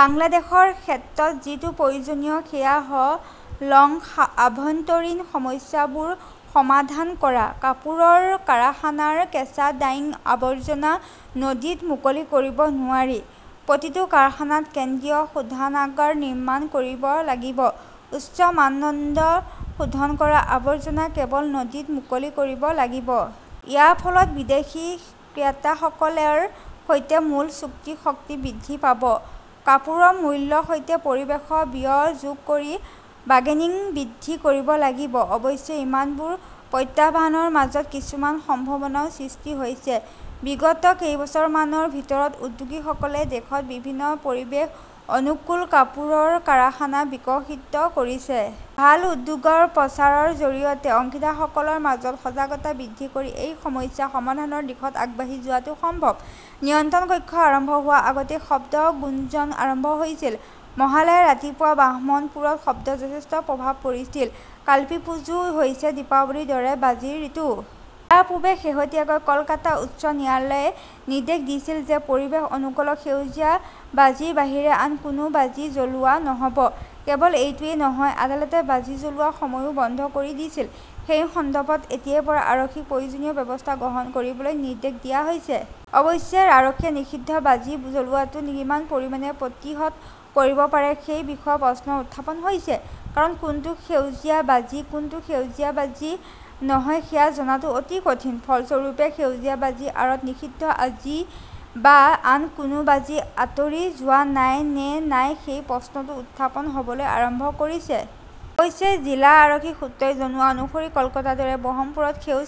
বাংলাদেশৰ ক্ষেত্ৰত যিটো প্ৰয়োজনীয় সেয়া হ "ল আভ্যন্তৰীণ সমস্যাবোৰ সমাধান কৰা। কাপোৰৰ কাৰখানাৰ কেঁচা ডাইং আৱৰ্জনা নদীত মুকলি কৰিব নোৱাৰি। প্ৰতিটো কাৰখানাত কেন্দ্ৰীয় শোধনাগাৰ নিৰ্মাণ কৰিব লাগিব। উচ্চ মানদণ্ডৰ শোধন কৰা আৱৰ্জনা কেৱল নদীত মুকলি কৰিব লাগিব। ইয়াৰ ফলত বিদেশী ক্ৰেতাসকলৰ সৈতে "মূল্য চুক্তিৰ শক্তি" বৃদ্ধি পাব। কাপোৰৰ মূল্যৰ সৈতে পৰিৱেশৰ ব্যয় যোগ কৰি বাৰ্গেনিং বৃদ্ধি কৰিব লাগিব। অৱশ্যে, ইমানবোৰ প্ৰত্যাহ্বানৰ মাজত কিছুমান সম্ভাৱনাও সৃষ্টি হৈছে। বিগত কেইবছৰমানৰ ভিতৰত উদ্যোগীসকলে দেশত বিভিন্ন পৰিৱেশ-অনুকূল কাপোৰৰ কাৰখানা বিকশিত কৰিছে। ভাল উদ্যোগৰ প্ৰচাৰৰ জৰিয়তে অংশীদাৰসকলৰ মাজত সজাগতা বৃদ্ধি কৰি এই সমস্যাৰ সমাধানৰ দিশত আগবাঢ়ি যোৱাটো সম্ভৱ। নিয়ন্ত্ৰণ কক্ষ আৰম্ভ হোৱাৰ আগতেই শব্দৰ গুঞ্জন আৰম্ভ হৈছিল! মহালয়াত ৰাতিপুৱা বাহৰমপুৰত শব্দৰ যথেষ্ট প্ৰভাৱ পৰিছিল। কালিপ্পুজো হৈছে দীপাৱলীৰ দৰে বাজিৰ ঋতু। ইয়াৰ পূৰ্বে শেহতীয়াকৈ কলকাতা উচ্চ ন্যায়ালয়ে নিৰ্দেশ দিছিল যে পৰিৱেশ অনুকূল সেউজীয়া বাজিৰ বাহিৰে আন কোনো বাজি জ্বলোৱা নহ 'ব। কেৱল এইটোৱেই নহয়, আদালতে বাজি জ্বলোৱাৰ সময়ও বন্ধ কৰি দিছিল। সেই সন্দৰ্ভত এতিয়াৰ পৰা আৰক্ষীক প্ৰয়োজনীয় ব্যৱস্থা গ্ৰহণ কৰিবলৈ নিৰ্দেশ দিয়া হৈছে। অৱশ্যে, আৰক্ষীয়ে নিষিদ্ধ বাজি জ্বলোৱাটো কিমান পৰিমাণে প্ৰতিহত কৰিব পাৰে সেই বিষয়ে প্ৰশ্ন উত্থাপন হৈছে। কাৰণ কোনটো সেউজীয়া বাজি, কোনটো সেউজীয়া বাজি নহয় সেয়া জনাটো অতি কঠিন। ফলস্বৰূপে, সেউজীয়া বাজিৰ আঁৰত নিষিদ্ধ বাজি বা আন কোনো বাজি আঁতৰি যোৱা নাই নে নাই সেই প্ৰশ্নটো উত্থাপন হ "বলৈ আৰম্ভ কৰিছে। অৱশ্যে, জিলা আৰক্ষীৰ সূত্ৰই জনোৱা অনুসৰি কলকাতাৰ দৰে বহৰমপুৰত সেউজ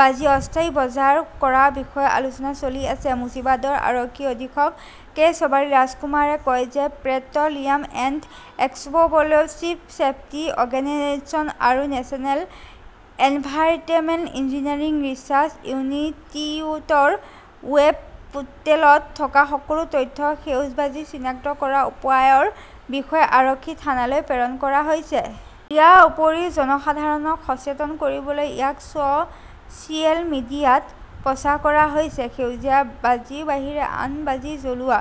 বাজিৰ অস্থায়ী বজাৰ কৰাৰ বিষয়ে আলোচনা চলি আছে। মুৰ্ছিদাবাদৰ আৰক্ষী অধীক্ষক কে শবাৰী ৰাজকুমাৰে কয় যে "petroleum and explosive safety organisation আৰু নেচনেল এনভাইৰনমেণ্টেল ইঞ্জিনিয়াৰিং ৰিচাৰ্চ ইনষ্টিটিউটৰ ৱেব পোৰ্টেলত থকা সকলো তথ্য সেউজ বাজি চিনাক্ত কৰাৰ উপায়ৰ বিষয়ে আৰক্ষী থানালৈ প্ৰেৰণ কৰা হৈছে। ইয়াৰ উপৰিও জনসাধাৰণক সচেতন কৰিবলৈ ইয়াক ছ "চিয়েল মিডিয়াত প্ৰচাৰ কৰা হৈছে। "সেউজীয়া বাজিৰ বাহিৰে আন বাজি জ্বলোৱা,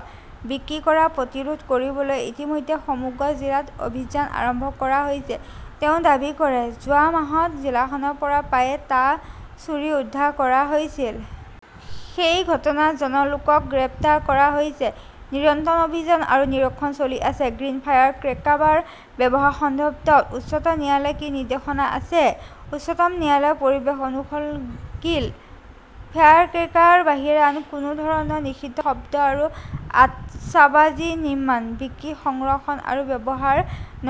বিক্ৰী কৰা প্ৰতিৰোধ কৰিবলৈ ইতিমধ্যে সমগ্ৰ জিলাত অভিযান আৰম্ভ কৰা হৈছে", তেওঁ দাবী কৰে। যোৱা মাহত জিলাখনৰ পৰা প্ৰায়, টা চুৰি উদ্ধাৰ কৰা হৈছিল। সেই ঘটনাত জন লোকক গ্ৰেপ্তাৰ কৰা হৈছে। নিৰন্তৰ অভিযান আৰু নিৰীক্ষণ চলি আছে। "গ্ৰীণ ফায়াৰ ক্ৰেকাৰ ব্যৱহাৰৰ সন্দৰ্ভত উচ্চতম ন্যায়ালয়ৰ কি নিৰ্দেশনা আছে? উচ্চতম ন্যায়ালয়ে পৰিৱেশ অনুকূল 'গ্ৰীণ ফায়াৰ ক্ৰেকাৰ "ৰ বাহিৰে আন কোনো ধৰণৰ নিষিদ্ধ শব্দ আৰু আতচবাজী নিৰ্মাণ, বিক্ৰী, সংৰক্ষণ আৰু ব্যৱহাৰ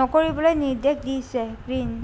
নকৰিবলৈ নিৰ্দেশ দিছে। গ্ৰীণ